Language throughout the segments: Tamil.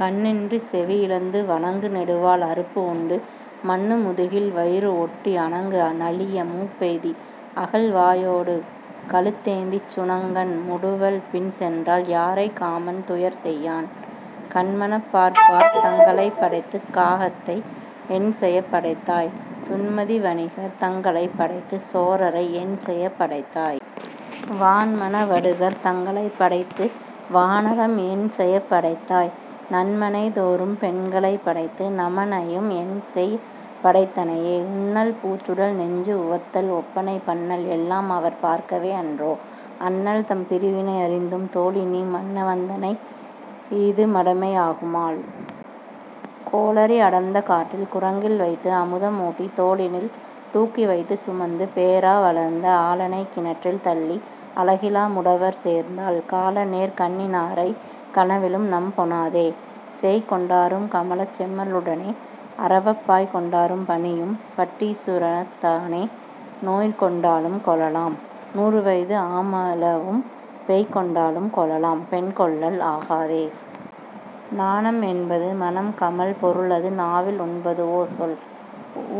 கண்இன்றிச் செவி இழந்து வணங்கு நெடுவால் அறுப்பு உண்டு மன்னு முதுகில் வயிறு ஒட்டி அணங்கு நலிய மூப்பெய்தி அகல் வாயோடு கழுத்தேந்திச் சுணங்கன் முடுவல் பின்சென்றால் யாரைக் காமன் துயர் செய்யான்? கன்மனப் பார்ப்பார் தங்களைப் படைத்துக் காகத்தை என்செயப் படைத்தாய்? துன்மதி வணிகர் தங்களைப் படைத்துச் சோரரை என்செயப் படைத்தாய்? வன்மன வடுகர் தங்களைப் படைத்து வானரம் என்செயப் படைத்தாய்? நன்மனை தோறும் பெண்களைப் படைத்து நமனையும் என்செயப் படைத்தனையே? உண்ணல் பூச்சூடல் நெஞ்சு உவத்தல் ஒப்பனை பண்ணல் எல்லாம் அவர் பார்க்கவே அன்றோ? அண்ணல் தம் பிரிவினை அறிந்தும் தோழிநீ மண்ண வந்தனை இது மடமை ஆகுமால். கோளரி அடர்ந்த காட்டில் குறங்கில் வைத்து அமுதம் ஊட்டித் தோளினில் தூக்கி வைத்துச் சுமந்து பேறா வளர்ந்த ஆளனைக் கிணற்றில் தள்ளி அழகிலா முடவர் சேர்ந்தாள் காள நேர் கண்ணினாரைக் கனவிலும் நம்பொணாதே. சேய் கொண்டாரும் கமலச் செம்மலுடனே அரவப் பாய் கொண்டாரும் பணியும் பட்டீசுரத் தானே நோய் கொண்டாலும் கொளலாம் நூறுவயது ஆமளவும் பேய் கொண்டாலும் கொளலாம் பெண்கொள்ளல் ஆகாதே. நானம் என்பது மணம் கமழ் பொருளது நாவில் உண்பதுவோ சொல்?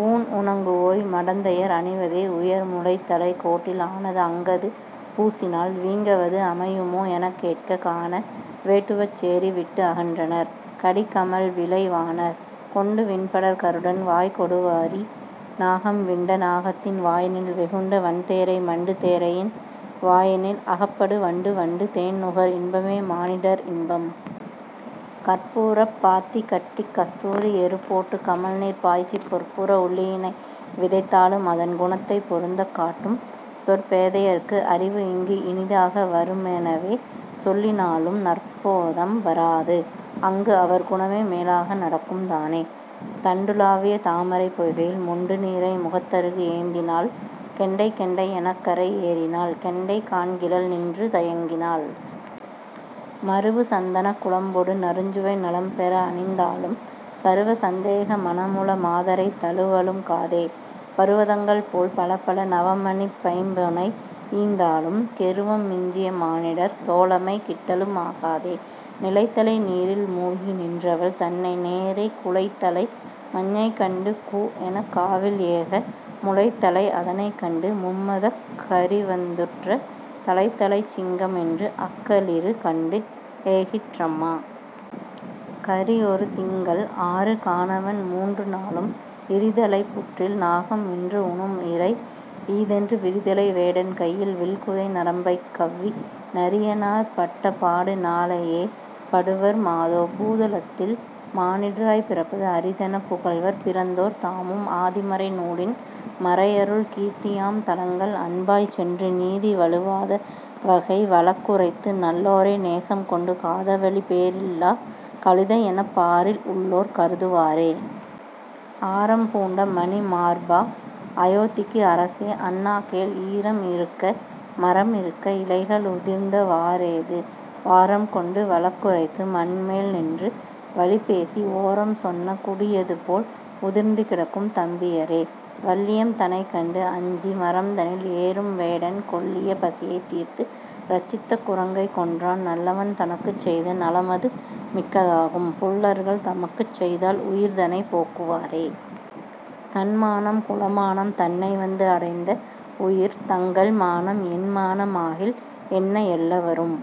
ஊன் உணங்குவோய் மடந்தையர் அணிவதே உயர்முலைத் தலைக் கோட்டில் ஆனது அங்கது பூசினால் வீங்கவது அமையுமோ எனக் கேட்க கான வேட்டுவச் சேரி விட்டு அகன்றனர் கடி கமழ் விலை வாணர். கொண்டு விண்படர் கருடன் வாய்க் கொடுவரி நாகம் விண்ட நாகத்தின் வாயினில் வெகுண்ட வன்தேரை மண்டு தேரையின் வாயினில் அகப்படு வண்டு வண்டு தேன்நுகர் இன்பமே மானிடர் இன்பம். கற்பூரப் பாத்தி கட்டிக் கஸ்தூரி எருப்போட்டுக் கமழ்நீர் பாய்ச்சிப் பொற்பூர உள்ளியினை விதைத்தாலும் அதன் குணத்தைப் பொருந்தக் காட்டும் சொற் போதையருக்கு அறிவுஇங்கு இனிதாக வருமெனவே சொல்லி னாலும் நற்போதம் வாராது அங்கு அவர் குணமே மேலாக நடக்கும் தானே. தண்டுலாவிய தாமரைப் பொய்கையில் மொண்டு நீரை முகத்தருகு ஏந்தினாள் கெண்டை கெண்டை எனக்கரை ஏறினாள் கெண்டை காண்கிலள் நின்று தயங்கினாள். மருவு சந்தனக் குழம்பொடு நறுஞ்சுவை நலம்பெற அணிந்தாலும் சருவ சந்தேக மனமுள மாதரைத் தழுவலும் காதே பருவதங்கள் போல் பலபல நவமணிப் பைம்பொனை ஈந்தாலும் கெருவம் மிஞ்சிய மானிடர் தோழமை கிட்டலும் ஆகாதே. நிலைத்தலை நீரில் மூழ்கி நின்றவள் தன்னை நேரே குலைத்தலை மஞ்ஞை கண்டு கூ எனக் காவில்ஏக முலைத்தலை அதனைக் கண்டு மும்மதக் கரிவந்துற்ற தலைத்தலைச் சிங்கம் என்று அக்களிறு கண்டு ஏகிற்றம்மா. கரி ஒரு திங்கள் ஆறு கானவன் மூன்றுநாளும் இரிதலைப் புற்றில் நாகம் இன்று உணும் இரை ஈதென்று விரிதலை வேடன் கையில் வில்குதை நரம்பைக் கவ்வி நரியனார் பட்ட பாடு நாளையே படுவர் மாதோ. பூதலத்தில் மானிடராய்ப் பிறப்பது அரிதெனப் புகல்வர் பிறந்தோர் தாமும் ஆதிமறை நூலின் மறைஅருள் கீர்த்தியாம் தலங்கள் அன்பாய்ச் சென்று நீதி வழுவாத வகை வழக்குரைத்து நல்லோரை நேசம் கொண்டு காதவழி பேரில்லார் கழுதை எனப் பாரில் உள்ளோர் கருதுவாரே. ஆரம் பூண்ட மணிமார்பா அயோத்திக்கு அரசே அண்ணா கேள் ஈரம் இருக்க மரம் இருக்க இலைகள் உதிர்ந்த வாரேது வாரம் கொண்டு வழக் குரைத்து மண்மேல் நின்று வலிபேசி ஓரம் சொன்ன குடியது போல் உதிர்ந்து கிடக்கும் தம்பியரே. வல்லியம் தனைக் கண்டு அஞ்சி மரம்தனில் ஏறும் வேடன் கொல்லிய பசியைத் தீர்த்து ரட்சித்த குரங்கைக் கொன்றான் நல்லவன் தனக்குச் செய்த நலமது மிக்கதாகும் புல்லர்கள் தமக்குச் செய்தால் உயிர்தனைப் போக்குவாரே. தன்மானம் குலமானம் தன்னை வந்து அடைந்த உயிர் தங்கள் மானம் என்மான மாகில் என்ன எல்லவரும்